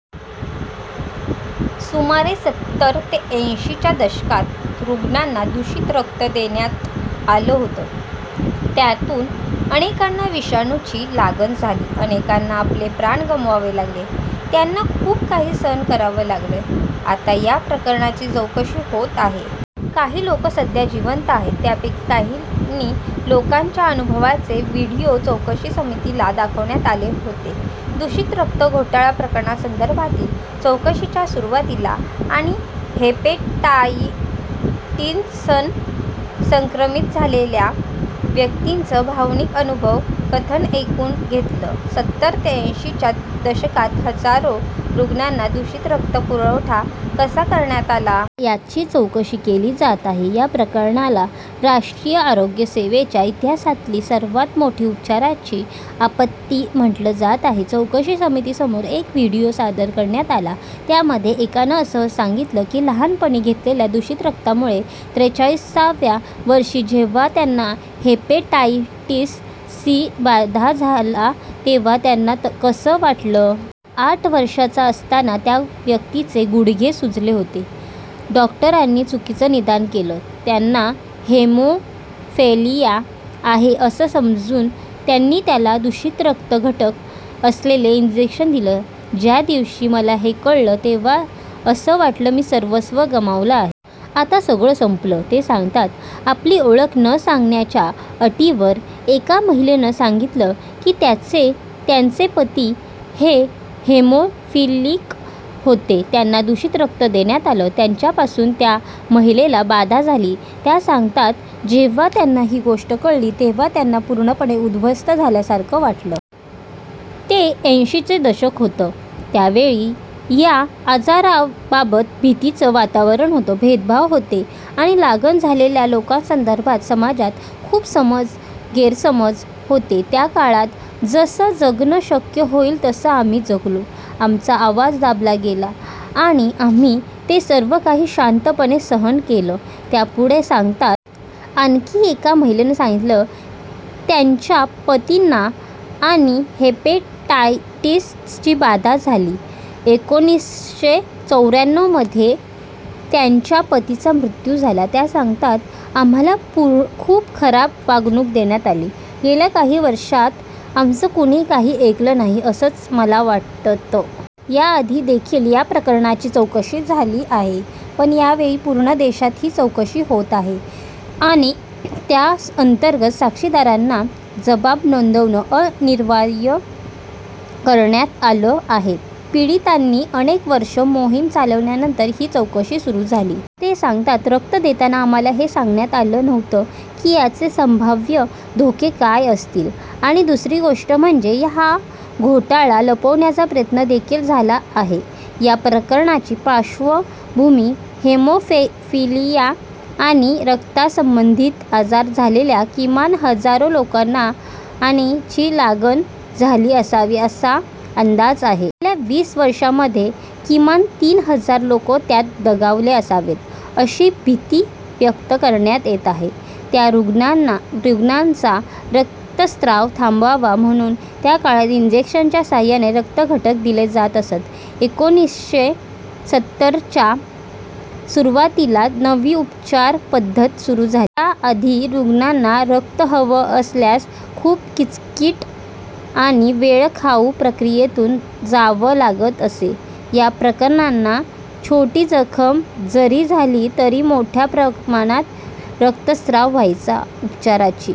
सुमारे सत्तर ते ऐंशीच्या दशकात रुग्णांना दूषित रक्त देण्यात आलं होतं. त्यातून अनेकांना विषाणूची लागण झाली. अनेकांना आपले प्राण गमवावे लागले. त्यांना खूप काही सहन करावं लागलं. आता या प्रकरणाची चौकशी होत आहे. काही लोक सध्या जिवंत आहेत. त्यापैकी काहींनी लोकांच्या अनुभवाचे व्हीडिओ चौकशी समितीला दाखवण्यात आले होते. दूषित रक्त घोटाळा प्रकरणासंदर्भातील चौकशीच्या सुरुवातीला आणि हेपेटायटिसनं संक्रमित झालेल्या व्यक्तींचं भावनिक अनुभव कथन ऐकून घेतलं. सत्तर ते ऐंशीच्या दशकात हजारो रुग्णांना दूषित रक्त पुरवठा कसा करण्यात आला. याची चौकशी केली जात आहे. या प्रकरणाला राष्ट्रीय आरोग्य सेवेच्या इतिहासातली सर्वांत मोठी उपचारांची आपत्ती म्हटलं जात आहे. चौकशी समितीसमोर एक व्हिडिओ सादर करण्यात आला. त्यामध्ये एकानं असं सांगितलं की लहानपणी घेतलेल्या दूषित रक्तामुळे त्रेचाळीसाव्या वर्षी जेव्हा त्यांना हेपेटायटिस सी ची बाधा झाला तेव्हा त्यांना कसं वाटलं. आठ वर्षांचा असताना त्या व्यक्तीचे गुडघे सुजले होते. डॉक्टरांनी चुकीचं निदान केलं. त्यांना हेमोफेलिया आहे असं समजून त्यांनी त्याला दूषित रक्तघटक असलेलं इंजेक्शन दिलं. ज्या दिवशी मला हे कळलं तेव्हा असं वाटलं मी सर्वस्व गमावलं आहे. आता सगळं संपलं, ते सांगतात. आपली ओळख न सांगण्याच्या अटीवर एका महिलेनं सांगितलं की त्यांचे पती हे हिमोफिलिक होते. त्यांना दूषित रक्त देण्यात आलं. त्यांच्यापासून त्या महिलेला बाधा झाली. त्या सांगतात जेव्हा त्यांना ही गोष्ट कळली तेव्हा त्यांना पूर्णपणे उद्ध्वस्त झाल्यासारखं वाटलं. ते ऐंशीचं दशक होतं. त्यावेळी या आजाराबाबत भीतीचं वातावरण होतं, भेदभाव होते आणि लागण झालेल्या लोकांसदर्भात समाजात खूप समज गैरसमज होते. त्या काळात जसं जगणं शक्य होईल तसं आम्ही जगलो. आमचा आवाज दाबला गेला आणि आम्ही ते सर्वकाही शांतपणे सहन केलं, त्या पुढे सांगतात. आणखी एका महिलेनं सांगितलं त्यांच्या पतींना आणि हेपेटायटिस सी ची बाधा झाली. एकोणीसशे चौऱ्याण्णवमध्ये त्यांच्या पतीचा मृत्यू झाला. त्या सांगतात, आम्हाला खूप खराब वागणूक देण्यात आली. गेल्या काही वर्षांत आमचं कुणी काही ऐकलं नाही असंच मला वाटतं. याआधी देखील या प्रकरणाची चौकशी झाली आहे. पण यावेळी पूर्ण देशात ही चौकशी होत आहे आणि त्याअंतर्गत साक्षीदारांना जबाब नोंदवणं अनिवार्य करण्यात आलं आहे. पीडितांनी अनेक वर्षं मोहीम चालवल्यानंतर ही चौकशी सुरू झाली. ते सांगतात रक्त देताना आम्हाला हे सांगण्यात आलं नव्हतं की याचे संभाव्य धोके काय असतील आणि दुसरी गोष्ट म्हणजे हा घोटाळा लपवण्याचा प्रयत्न देखील झाला आहे. या प्रकरणाची पार्श्वभूमी हिमोफिलिया आणि रक्तासंबंधित आजार झालेल्या किमान हजारो लोकांना आणि ची लागण झाली असावी असा अंदाज आहे. गेल्या वीस वर्षांमध्ये किमान तीन हजार लोक त्यात दगावले असावेत अशी भीती व्यक्त करण्यात येत आहे. त्या रुग्णांचा रक्तस्राव थांबावा म्हणून त्या काळात इंजेक्शनच्या साहाय्याने रक्तघटक दिले जात असत. एकोणीसशे सत्तरच्या सुरुवातीला नवी उपचार पद्धत सुरू झाली. त्याआधी रुग्णांना रक्त हवं असल्यास खूप किचकिट आणि वेळखाऊ प्रक्रियेतून जावं लागत असे. या रुग्णांना छोटी जखम जरी झाली तरी मोठ्या प्रमाणात रक्तस्राव व्हायचा. उपचाराची